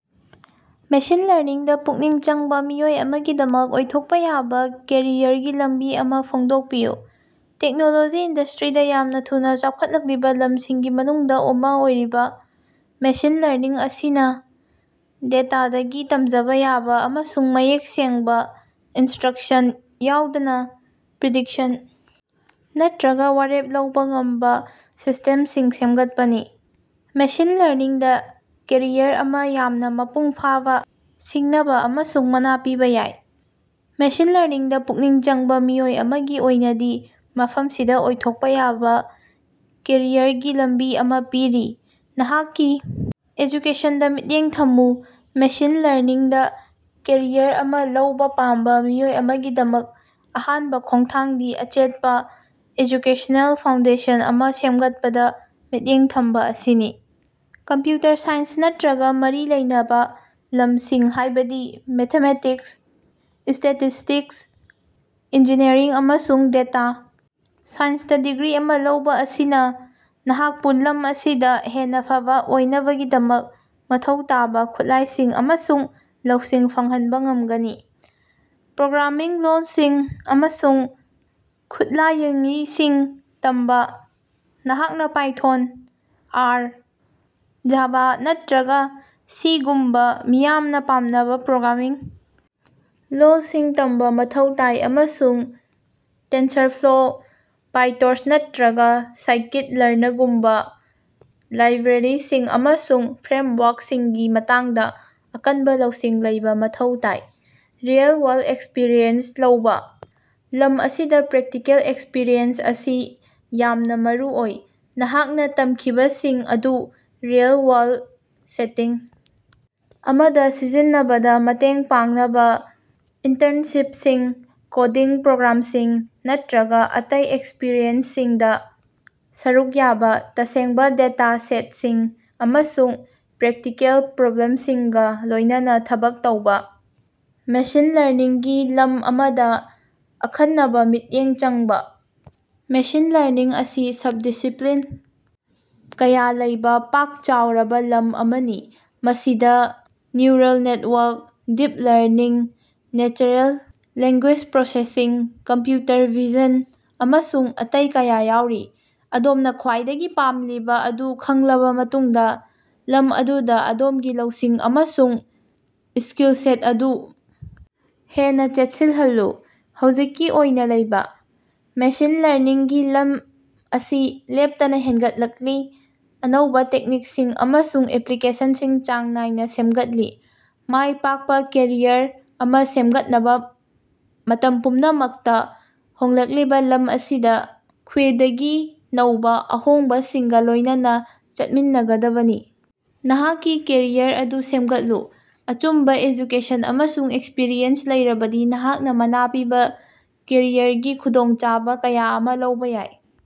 Machine ꯂꯔꯅꯤꯡꯗ ꯄꯨꯛꯅꯤꯡ ꯆꯪꯕ ꯃꯤꯑꯣꯏ ꯑꯃꯒꯤꯗꯃꯛ ꯑꯣꯏꯊꯣꯛꯄ ꯌꯥꯕ ꯀꯦꯔꯤꯌꯔꯒꯤ ꯂꯝꯕꯤ ꯑꯃ ꯐꯣꯡꯗꯣꯛꯄꯤꯌꯨ꯫ ꯇꯦꯛꯅꯣꯂꯣꯖꯤ ꯏꯟꯗꯁ꯭ꯠꯔꯤꯗ ꯌꯥꯝꯅ ꯊꯨꯅ ꯆꯥꯎꯈꯠꯂꯛꯂꯤꯕ ꯂꯝꯁꯤꯡꯒꯤ ꯃꯅꯨꯡꯗ ꯑꯃ ꯑꯣꯏꯔꯤꯕ ꯃꯦꯁꯤꯟ ꯂꯔꯅꯤꯡ ꯑꯁꯤꯅ ꯗꯦꯇꯥꯗꯒꯤ ꯇꯝꯖꯕ ꯌꯥꯕ ꯑꯃꯁꯨꯡ ꯃꯌꯦꯛ ꯁꯦꯡꯕ ꯏꯟꯁꯇ꯭ꯔꯛꯁꯟ ꯌꯥꯎꯗꯅ ꯄ꯭ꯔꯤꯗꯤꯛꯁꯟ ꯅꯠꯇ꯭ꯔꯒ ꯋꯥꯔꯦꯞ ꯂꯧꯕ ꯉꯝꯕ ꯁꯤꯁꯇꯦꯝꯁꯤꯡ ꯁꯦꯝꯒꯠꯄꯅꯤ꯫ ꯃꯦꯁꯤꯟ ꯂꯔꯅꯤꯡꯗ ꯀꯦꯔꯤꯌꯔ ꯑꯃ ꯌꯥꯝꯅ ꯃꯄꯨꯡ ꯐꯥꯕ, ꯁꯤꯡꯅꯕ ꯑꯃꯁꯨꯡ ꯃꯅꯥ ꯄꯤꯕ ꯌꯥꯏ꯫ ꯃꯦꯁꯤꯟ ꯂꯔꯅꯤꯡꯗ ꯄꯨꯛꯅꯤꯡ ꯆꯪꯕ ꯃꯤꯑꯣꯏ ꯑꯃꯒꯤ ꯑꯣꯏꯅꯗꯤ, ꯃꯐꯝꯁꯤꯗ ꯑꯣꯏꯊꯣꯛꯄ ꯌꯥꯕ ꯀꯦꯔꯤꯌꯔꯒꯤ ꯂꯝꯕꯤ ꯑꯃ ꯄꯤꯔꯤ: ꯅꯍꯥꯛꯀꯤ ꯑꯦꯖꯨꯀꯦꯁꯟꯗ ꯃꯤꯠꯌꯦꯡ ꯊꯝꯃꯨ: ꯃꯦꯁꯤꯟ ꯂꯔꯅꯤꯡꯗ ꯀꯦꯔꯤꯌꯔ ꯑꯃ ꯂꯧꯕ ꯄꯥꯝꯕ ꯃꯤꯑꯣꯏ ꯑꯃꯒꯤꯗꯃꯛ ꯑꯍꯥꯟꯕ ꯈꯣꯡꯊꯥꯡꯗꯤ ꯑꯆꯦꯠꯄ ꯑꯦꯖꯨꯀꯦꯁꯅꯦꯜ ꯐꯥꯎꯟꯗꯦꯁꯟ ꯑꯃ ꯁꯦꯝꯒꯠꯄꯗ ꯃꯤꯠꯌꯦꯡ ꯊꯝꯕ ꯑꯁꯤꯅꯤ꯫ ꯀꯝꯄ꯭ꯌꯨꯇꯔ ꯁꯥꯏꯟꯁ ꯅꯠꯇ꯭ꯔꯒ ꯃꯔꯤ ꯂꯩꯅꯕ ꯂꯝꯁꯤꯡ ꯍꯥꯏꯕꯗꯤ ꯃꯦꯊꯃꯦꯇꯤꯛꯁ, ꯁ꯭ꯇꯦꯇꯤꯁ꯭ꯇꯤꯛꯁ, ꯏꯟꯖꯤꯅꯤꯌꯔꯤꯡ ꯑꯃꯁꯨꯡ ꯗꯦꯇꯥ ꯁꯥꯏꯟꯁꯇ ꯗꯤꯒ꯭ꯔꯤ ꯑꯃ ꯂꯧꯕ ꯑꯁꯤꯅ ꯅꯍꯥꯛꯄꯨ ꯂꯝ ꯑꯁꯤꯗ ꯍꯦꯟꯅ ꯐꯕ ꯑꯣꯏꯅꯕꯒꯤꯗꯃꯛ ꯃꯊꯧ ꯇꯥꯕ ꯈꯨꯠꯂꯥꯏꯁꯤꯡ ꯑꯃꯁꯨꯡ ꯂꯧꯁꯤꯡ ꯐꯪꯍꯟꯕ ꯉꯝꯒꯅꯤ꯫ ꯄ꯭ꯔꯣꯒ꯭ꯔꯥꯃꯤꯡ ꯂꯣꯜꯁꯤꯡ ꯑꯃꯁꯨꯡ ꯈꯨꯠꯂꯥꯌꯡꯏꯁꯤꯡ ꯇꯝꯕ: ꯅꯍꯥꯛꯅ ꯄꯥꯏꯊꯣꯟ, ꯑꯥꯔ, ꯖꯥꯚꯥ ꯅꯠꯇ꯭ꯔꯒ ꯁꯤ ꯒꯨꯝꯕꯥ ꯃꯤꯌꯥꯝꯅ ꯄꯥꯝꯅꯕ ꯄ꯭ꯔꯣꯒ꯭ꯔꯥꯃꯤꯡ ꯂꯣꯜꯁꯤꯡ ꯇꯝꯕ ꯃꯊꯧ ꯇꯥꯏ ꯑꯃꯁꯨꯡ ꯇꯦꯟꯁꯔꯐ꯭ꯂꯣ, ꯄꯥꯏꯇꯣꯔꯆ ꯅꯠꯇ‌꯭ꯔꯒ ꯁꯥꯏꯀꯤꯠ-ꯂꯔꯅꯒꯨꯝꯕ ꯂꯥꯏꯕ꯭ꯔꯦꯔꯤꯁꯤꯡ ꯑꯃꯁꯨꯡ ꯐ꯭ꯔꯦꯝꯋꯥꯔꯛꯁꯤꯡꯒꯤ ꯃꯇꯥꯡꯗ ꯑꯀꯟꯕ ꯂꯧꯁꯤꯡ ꯂꯩꯕ ꯃꯊꯧ ꯇꯥꯏ꯫ ꯔꯤꯑꯦꯜ-ꯋꯥꯔꯜꯗ ꯑꯦꯛꯁꯄꯤꯔꯤꯑꯦꯟꯁ ꯂꯧꯕ: ꯂꯝ ꯑꯁꯤꯗ ꯄ꯭ꯔꯦꯛꯇꯤꯀꯦꯜ ꯑꯦꯛꯁꯄꯤꯔꯤꯑꯦꯟꯁ ꯑꯁꯤ ꯌꯥꯝꯅ ꯃꯔꯨꯑꯣꯏ꯫ ꯅꯍꯥꯛꯅ ꯇꯝꯈꯤꯕꯁꯤꯡ ꯑꯗꯨ ꯔꯤꯑꯦꯜ-ꯋꯥꯔꯜꯗ ꯁꯦꯇꯤꯡ ꯑꯃꯗ ꯁꯤꯖꯤꯟꯅꯕꯗ ꯃꯇꯦꯡ ꯄꯥꯡꯅꯕ ꯏꯟꯇꯔꯟꯁꯤꯞꯁꯤꯡ, ꯀꯣꯗꯤꯡ ꯄ꯭ꯔꯣꯒ꯭ꯔꯥꯝꯁꯤꯡ ꯅꯠꯇ꯭ꯔꯒ ꯑꯇꯩ ꯑꯦꯛꯁꯄꯤꯔꯤꯑꯦꯟꯁꯁꯤꯡꯗ ꯁꯔꯨꯛ ꯌꯥꯕ, ꯇꯁꯦꯡꯕ ꯗꯦꯇꯥ ꯁꯦꯠꯁꯤꯡ ꯑꯃꯁꯨꯡ ꯄ꯭ꯔꯦꯛꯇꯤꯀꯦꯜ ꯄ꯭ꯔꯣꯕ꯭ꯂꯦꯝꯁꯤꯡꯒ ꯂꯣꯏꯅꯅꯥ ꯊꯕꯛ ꯇꯧꯕ꯫ ꯃꯦꯁꯤꯟ ꯂꯔꯅꯤꯡ ꯒꯤ ꯂꯝ ꯑꯃꯗ ꯑꯈꯟꯅꯕ ꯃꯤꯠꯌꯦꯡ ꯆꯪꯕ: ꯃꯦꯁꯤꯟ ꯂꯔꯅꯤꯡ ꯑꯁꯤ ꯁꯕ-ꯗꯤꯁꯤꯄ꯭ꯂꯤꯟ ꯀꯌꯥ ꯂꯩꯕ ꯄꯥꯛ ꯆꯥꯎꯔꯕ ꯂꯝ ꯑꯃꯅꯤ꯫ ꯃꯁꯤꯗ neural network, deep learning, natural language processing, computer vision, ꯑꯃꯁꯨꯡ ꯑꯇꯩ ꯀꯌꯥ ꯌꯥꯎꯔꯤ꯫ ꯑꯗꯣꯝꯅ ꯈ꯭ꯋꯥꯏꯗꯒꯤ ꯄꯥꯝꯂꯤꯕ ꯑꯗꯨ ꯈꯪꯂꯕ ꯃꯇꯨꯡꯗ, ꯂꯝ ꯑꯗꯨꯗ ꯑꯗꯣꯝꯒꯤ ꯂꯧꯁꯤꯡ ꯑꯃꯁꯨꯡ ꯁ꯭ꯀꯤꯜꯁꯦꯠ ꯑꯗꯨ ꯍꯦꯟꯅ ꯆꯦꯠꯁꯤꯜꯍꯜꯂꯨ꯫ ꯍꯧꯖꯤꯛꯀꯤ ꯑꯣꯏꯅ ꯂꯩꯕ: ꯃꯦꯁꯤꯟ ꯂꯔꯅꯤꯡꯒꯤ ꯂꯝ ꯑꯁꯤ ꯂꯦꯞꯇꯅ ꯍꯦꯟꯒꯠꯂꯛꯂꯤ, ꯑꯅꯧꯕ ꯇꯦꯛꯅꯤꯛꯁꯤꯡ ꯑꯃꯁꯨꯡ ꯑꯦꯄ꯭ꯂꯤꯀꯦꯁꯟꯁꯤꯡ ꯆꯥꯡ ꯅꯥꯏꯅ ꯁꯦꯝꯒꯠꯂꯤ꯫ ꯃꯥꯏ ꯄꯥꯛꯄ ꯀꯦꯔꯤꯌꯔ ꯑꯃ ꯁꯦꯝꯒꯠꯅꯕ ꯃꯇꯝ ꯄꯨꯝꯅꯃꯛꯇ ꯍꯣꯡꯂꯛꯂꯤꯕ ꯂꯝ ꯑꯁꯤꯗ ꯈ꯭ꯋꯤꯏꯗꯒꯤ ꯅꯧꯕ ꯑꯍꯣꯡꯕꯁꯤꯡꯒ ꯂꯣꯏꯅꯅ ꯆꯠꯃꯤꯟꯅꯒꯗꯕꯅꯤ꯫ ꯅꯍꯥꯛꯀꯤ ꯀꯦꯔꯤꯌꯔ ꯑꯗꯨ ꯁꯦꯝꯒꯠꯂꯨ: ꯑꯆꯨꯝꯕ ꯑꯦꯖꯨꯀꯦꯁꯟ ꯑꯃꯁꯨꯡ ꯑꯦꯛꯁꯄꯤꯔꯤꯑꯦꯟꯁ ꯂꯩꯔꯕꯗꯤ, ꯅꯍꯥꯛꯅ ꯃꯅꯥ ꯄꯤꯕ ꯀꯦꯔꯤꯌꯔꯒꯤ ꯈꯨꯗꯣꯡꯆꯥꯕ ꯀꯌꯥ ꯑꯃ ꯂꯧꯕ ꯌꯥꯏ꯫